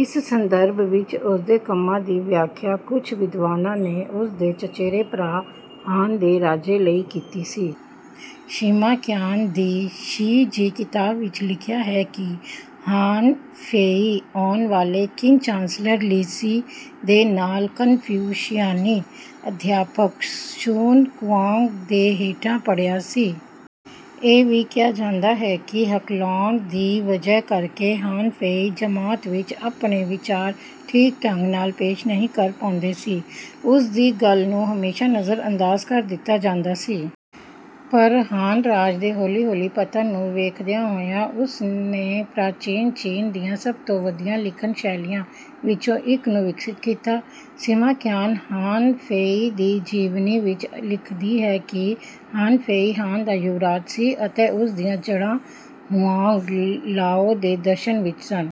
ਇਸ ਸੰਦਰਭ ਵਿੱਚ ਉਸਦੇ ਕੰਮਾਂ ਦੀ ਵਿਆਖਿਆ ਕੁਝ ਵਿਦਵਾਨਾਂ ਨੇ ਉਸਦੇ ਚਚੇਰੇ ਭਰਾ ਹਾਨ ਦੇ ਰਾਜੇ ਲਈ ਕੀਤੀ ਸੀ। ਸ਼ਿਮਾ ਕਿਆਨ ਦੀ ਸ਼ੀ ਜੀ ਕਿਤਾਬ ਵਿੱਚ ਲਿਖਿਆ ਹੈ ਕਿ ਹਾਨ ਫ਼ੇਈ ਆਉਣ ਵਾਲੇ ਕਿਨ ਚਾਂਸਲਰ ਲੀ ਸੀ ਦੇ ਨਾਲ ਕਨਫਿਊਸ਼ਿਆਈਨੀ ਅਧਿਆਪਕ ਸ਼ੁਨ ਕੁਆਂਗ ਦੇ ਹੇਠਾਂ ਪੜ੍ਹਿਆ ਸੀ। ਇਹ ਵੀ ਕਿਹਾ ਜਾਂਦਾ ਹੈ ਕਿ ਹਕਲਾਉਣ ਦੀ ਵਜ੍ਹਾ ਕਰਕੇ ਹਾਨ ਫ਼ੇਈ ਜਮਾਤ ਵਿੱਚ ਆਪਣੇ ਵਿਚਾਰ ਠੀਕ ਢੰਗ ਨਾਲ ਪੇਸ਼ ਨਹੀਂ ਕਰ ਪਾਉਂਦੇ ਸੀ। ਉਸਦੀ ਗੱਲ ਨੂੰ ਹਮੇਸ਼ਾ ਨਜ਼ਰ-ਅੰਦਾਜ਼ ਕਰ ਦਿੱਤਾ ਜਾਂਦਾ ਸੀ। ਪਰ ਹਾਨ ਰਾਜ ਦੇ ਹੌਲੀ-ਹੌਲੀ ਪਤਨ ਨੂੰ ਵੇਖਦਿਆਂ ਹੋਇਆਂ ਉਸਨੇ ਪ੍ਰਾਚੀਨ ਚੀਨ ਦੀਆਂ ਸਭ ਤੋਂ ਵਧੀਆ ਲਿਖਣ ਸ਼ੈਲੀਆਂ ਵਿੱਚੋਂ ਇੱਕ ਨੂੰ ਵਿਕਸਿਤ ਕੀਤਾ। ਸਿਮਾ ਕਿਆਨ ਹਾਨ ਫ਼ੇਈ ਦੀ ਜੀਵਨੀ ਵਿੱਚ ਲਿਖਦੀ ਹੈ ਕਿ ਹਾਨ ਫ਼ੇਈ ਹਾਨ ਦਾ ਯੁਵਰਾਜ ਸੀ ਅਤੇ ਉਸਦੀਆਂ ਜੜ੍ਹਾਂ ਹੁਆਂਗ-ਲਾਓ ਦੇ ਦਰਸ਼ਨ ਵਿੱਚ ਸਨ।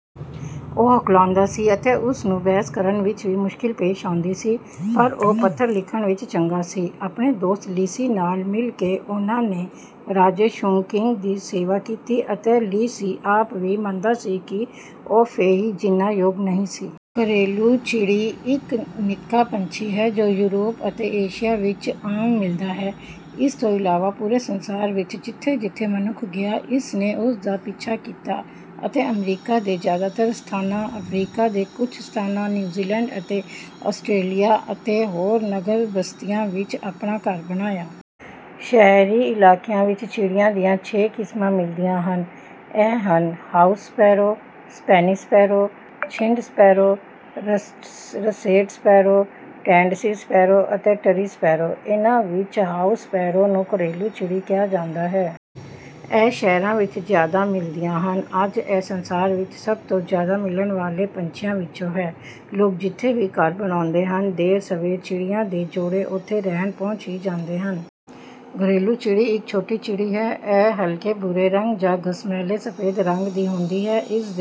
ਉਹ ਹਕਲਾਉਂਦਾ ਸੀ ਅਤੇ ਉਸਨੂੰ ਬਹਿਸ ਕਰਨ ਵਿੱਚ ਵੀ ਮੁਸ਼ਕਿਲ ਪੇਸ਼ ਆਉਂਦੀ ਸੀ ਪਰ ਉਹ ਪੱਤਰ ਲਿਖਣ ਵਿੱਚ ਚੰਗਾ ਸੀ। ਆਪਣੇ ਦੋਸਤ ਲੀ ਸੀ ਨਾਲ ਮਿਲ ਕੇ ਉਹਨਾਂ ਨੇ ਰਾਜੇ ਸ਼ੁਨ ਕਿੰਗ ਦੀ ਸੇਵਾ ਕੀਤੀ ਅਤੇ ਲੀ ਸੀ ਆਪ ਵੀ ਮੰਨਦਾ ਸੀ ਕਿ ਉਹ ਫ਼ੇਈ ਜਿੰਨਾ ਯੋਗ ਨਹੀਂ ਸੀ। ਘਰੇਲੂ ਚਿੜੀ ਇੱਕ ਨਿੱਕਾ ਪੰਛੀ ਹੈ ਜੋ ਯੂਰਪ ਅਤੇ ਏਸ਼ੀਆ ਵਿੱਚ ਆਮ ਮਿਲਦਾ ਹੈ। ਇਸ ਤੋਂ ਇਲਾਵਾ ਪੂਰੇ ਸੰਸਾਰ ਵਿੱਚ ਜਿੱਥੇ ਜਿੱਥੇ ਮਨੁੱਖ ਗਿਆ ਇਸਨੇ ਉਸ ਦਾ ਪਿੱਛਾ ਕੀਤਾ ਅਤੇ ਅਮਰੀਕਾ ਦੇ ਜਿਆਦਾਤਰ ਸਥਾਨਾਂ ਅਫਰੀਕਾ ਦੇ ਕੁਝ ਸਥਾਨਾਂ ਨਿਊਜ਼ੀਲੈਂਡ ਅਤੇ ਆਸਟਰੇਲੀਆ ਅਤੇ ਹੋਰ ਨਗਰ ਬਸਤੀਆਂ ਵਿੱਚ ਆਪਣਾ ਘਰ ਬਣਾਇਆ। ਸ਼ਹਿਰੀ ਇਲਾਕਿਆਂ ਵਿੱਚ ਚਿੜੀਆਂ ਦੀਆਂ ਛੇ ਕਿਸਮਾਂ ਮਿਲਦੀਆਂ ਹਨ। ਇਹ ਹਨ ਹਾਊਸ ਸਪੈਰੋ ਸਪੇਨੀ sparrow Sind sparrow russet sparrow Dead Sea sparrow ਅਤੇ ਟਰੀ ਸਪੈਰੋ। ਇਹਨਾਂ ਵਿੱਚ ਹਾਊਸ ਸਪੈਰੋ ਨੂੰ ਘਰੇਲੂ ਚਿੜੀ ਕਿਹਾ ਜਾਂਦਾ ਹੈ। ਇਹ ਸ਼ਹਿਰਾਂ ਵਿੱਚ ਜ਼ਿਆਦਾ ਮਿਲਦੀਆਂ ਹਨ। ਅੱਜ ਇਹ ਸੰਸਾਰ ਵਿੱਚ ਸਭ ਤੋਂ ਜਿਆਦਾ ਮਿਲਣ ਵਾਲੇ ਪੰਛੀਆਂ ਵਿੱਚੋਂ ਹੈ। ਲੋਕ ਜਿੱਥੇ ਵੀ ਘਰ ਬਣਾਉਂਦੇ ਹਨ ਦੇਰ ਸਵੇਰ ਚਿੜੀਆਂ ਦੇ ਜੋੜੇ ਉੱਥੇ ਰਹਿਣ ਪਹੁੰਚ ਹੀ ਜਾਂਦੇ ਹਨ। ਘਰੇਲੂ ਚਿੜੀ ਇੱਕ ਛੋਟੀ ਚਿੜੀ ਹੈ। ਇਹ ਹਲਕੇ ਭੂਰੇ ਰੰਗ ਜਾਂ ਘਸਮੈਲੇ ਸਫ਼ੈਦ ਰੰਗ ਦੀ ਹੁੰਦੀ ਹੈ। ਇਸ ਦੇ